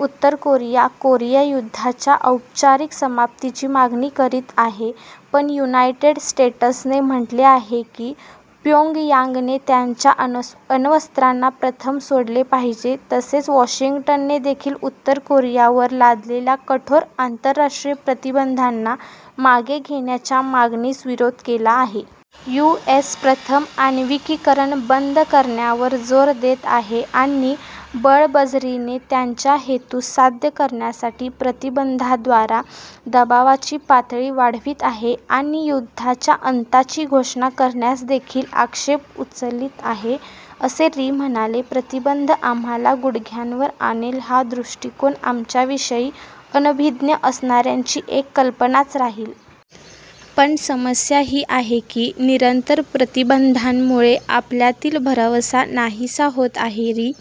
उत्तर Korea Korea युद्धाच्या औपचारिक समाप्तीची मागणी करीत आहे, पण युनायटेड स्टेट्सने म्हटले आहे की प्योंगयांगने त्याच्या अण्वस्त्रांना प्रथम सोडले पाहिजे. तसेच वाशिंग्टनने देखील उत्तर कोरियावर लादलेल्या कठोर आंतरराष्ट्रीय प्रतिबंधांना मागे घेण्याच्या मागणीस विरोध केला आहे. "यू. एस. प्रथम "आण्विकीकरण बंद करण्यावर" जोर देत आहे आणि बळबजरीने त्यांच्या हेतूस साध्य करण्यासाठी प्रतिबंधांद्वारा दबावाची पातळी वाढवीत आहे आणि "युद्धाच्या अंताची घोषणा" करण्यास देखील आक्षेप उचलीत आहे," असे री म्हणाले. "प्रतिबंध आम्हाला गुडघ्यांवर आणेल हा दृष्टीकोन आमच्याविषयी अनभिज्ञ असणाऱ्यांची एक कल्पनाच राहील. पण समस्या ही आहे की निरंतर प्रतिबंधांमुळे आपल्यातील भरवसा नाहीसा होत आहे. " री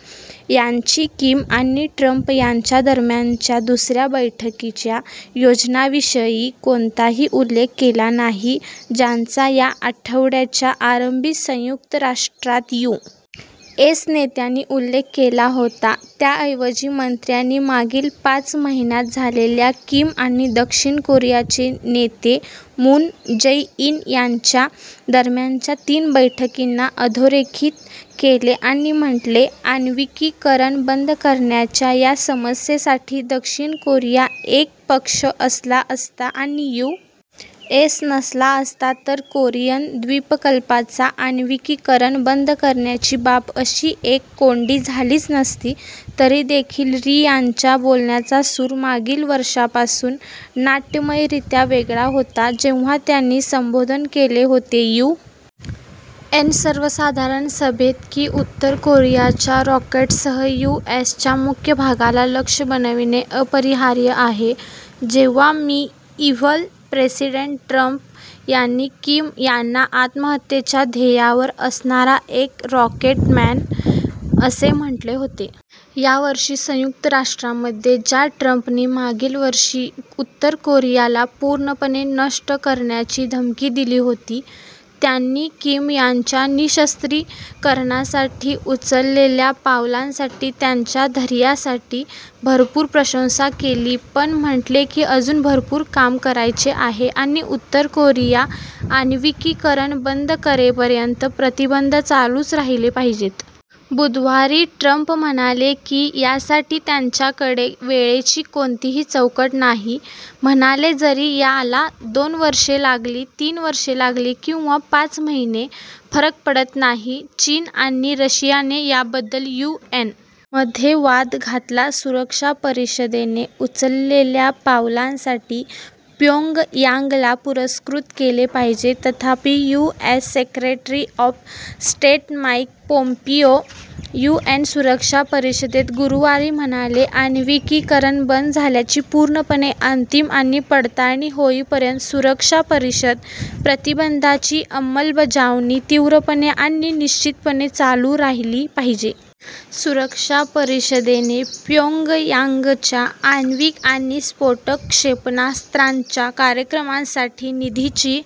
यांनी किम आणि ट्रम्प यांच्या दरम्यानच्या दुसऱ्या बैठकीच्या योजनांविषयी कोणताही उल्लेख केला नाही, ज्याचा या आठवड्याच्या आरंभी संयुक्त राष्ट्रात यू. एस. नेत्यांनी उल्लेख केला होता. त्याऐवजी मंत्र्यांनी मागील पाच महिन्यात झालेल्या किम आणि दक्षिण कोरियाचे नेते मून जै-इन यांच्या दरम्यानच्या तीन बैठकींना अधोरेखित केले आणि म्हटले: "आण्विकीकरण बंद करण्याच्या या समस्येसाठी दक्षिण कोरिया एक पक्ष असला असता आणि यू. एस. नसला असता, तर कोरियन द्वीपकल्पाचा आण्विकीकरण बंद करण्याची बाब अशी एक कोंडी झालीच नसती. " तरी देखील, री यांच्या बोलण्याचा सूर मागील वर्षापासून नाट्यमयरीत्या वेगळा होता, जेव्हा त्यांनी संबोधन केले होते यू. एन. सर्वसाधारण सभेत की उत्तर कोरियाच्या रॉकेट्ससह यू. एस. च्या मुख्य भागाला लक्ष्य बनविणे अपरिहार्य आहे, जेव्हा "मि. इव्हिल प्रेसिडेंट" ट्रम्प यांनी किम यांना आत्महत्येच्या ध्येयावर असणारा एक "रॉकेट मॅन" असे म्हटले होते. या वर्षी संयुक्त राष्ट्रांमध्ये, ज्या ट्रम्पनी मागील वर्षी उत्तर कोरियाला "पूर्णपणे नष्ट" करण्याची धमकी दिली होती, त्यांनी किम यांची निःशस्त्रीकरणासाठी उचललेल्या पावलांसाठी त्यांच्या धैर्यासाठी भरपूर प्रशंसा केली, पण म्हटले की अजून भरपूर काम करायचे आहे आणि उत्तर कोरिया आण्विकीकरण बंद करेपर्यंत प्रतिबंध चालूच राहिले पाहिजेत. बुधवारी, ट्रम्प म्हणाले की यासाठी त्यांच्याकडे वेळेची कोणतीही चौकट नाही, म्हणाले, "जरी याला दोन वर्षे लागली, तीन वर्षे लागली किंवा पाच महिने – फरक पडत नाही. " चीन आणि रशियाने याबद्दल यू. एन. मध्ये वाद घातला. सुरक्षा परिषदेने उचललेल्या पावलांसाठी प्योंगयांगला पुरस्कृत केले पाहिजे. तथापि, U. S. Secretary of state Mike Pompeo U. N. सुरक्षा परिषदेत गुरुवारी म्हणाले: "आण्विकीकरण बंद झाल्याची पूर्णपणे, अंतिम आणि पडताळणी होईपर्यंत सुरक्षा परिषद प्रतिबंधांची अंमलबजावणी तीव्रपणे आणि निश्चितपणे चालू राहिली पाहिजे. " सुरक्षा परिषदेने प्योंगयांगच्या आण्विक आणि स्फोटक क्षेपणास्त्रांच्या कार्यक्रमांसाठी निधीची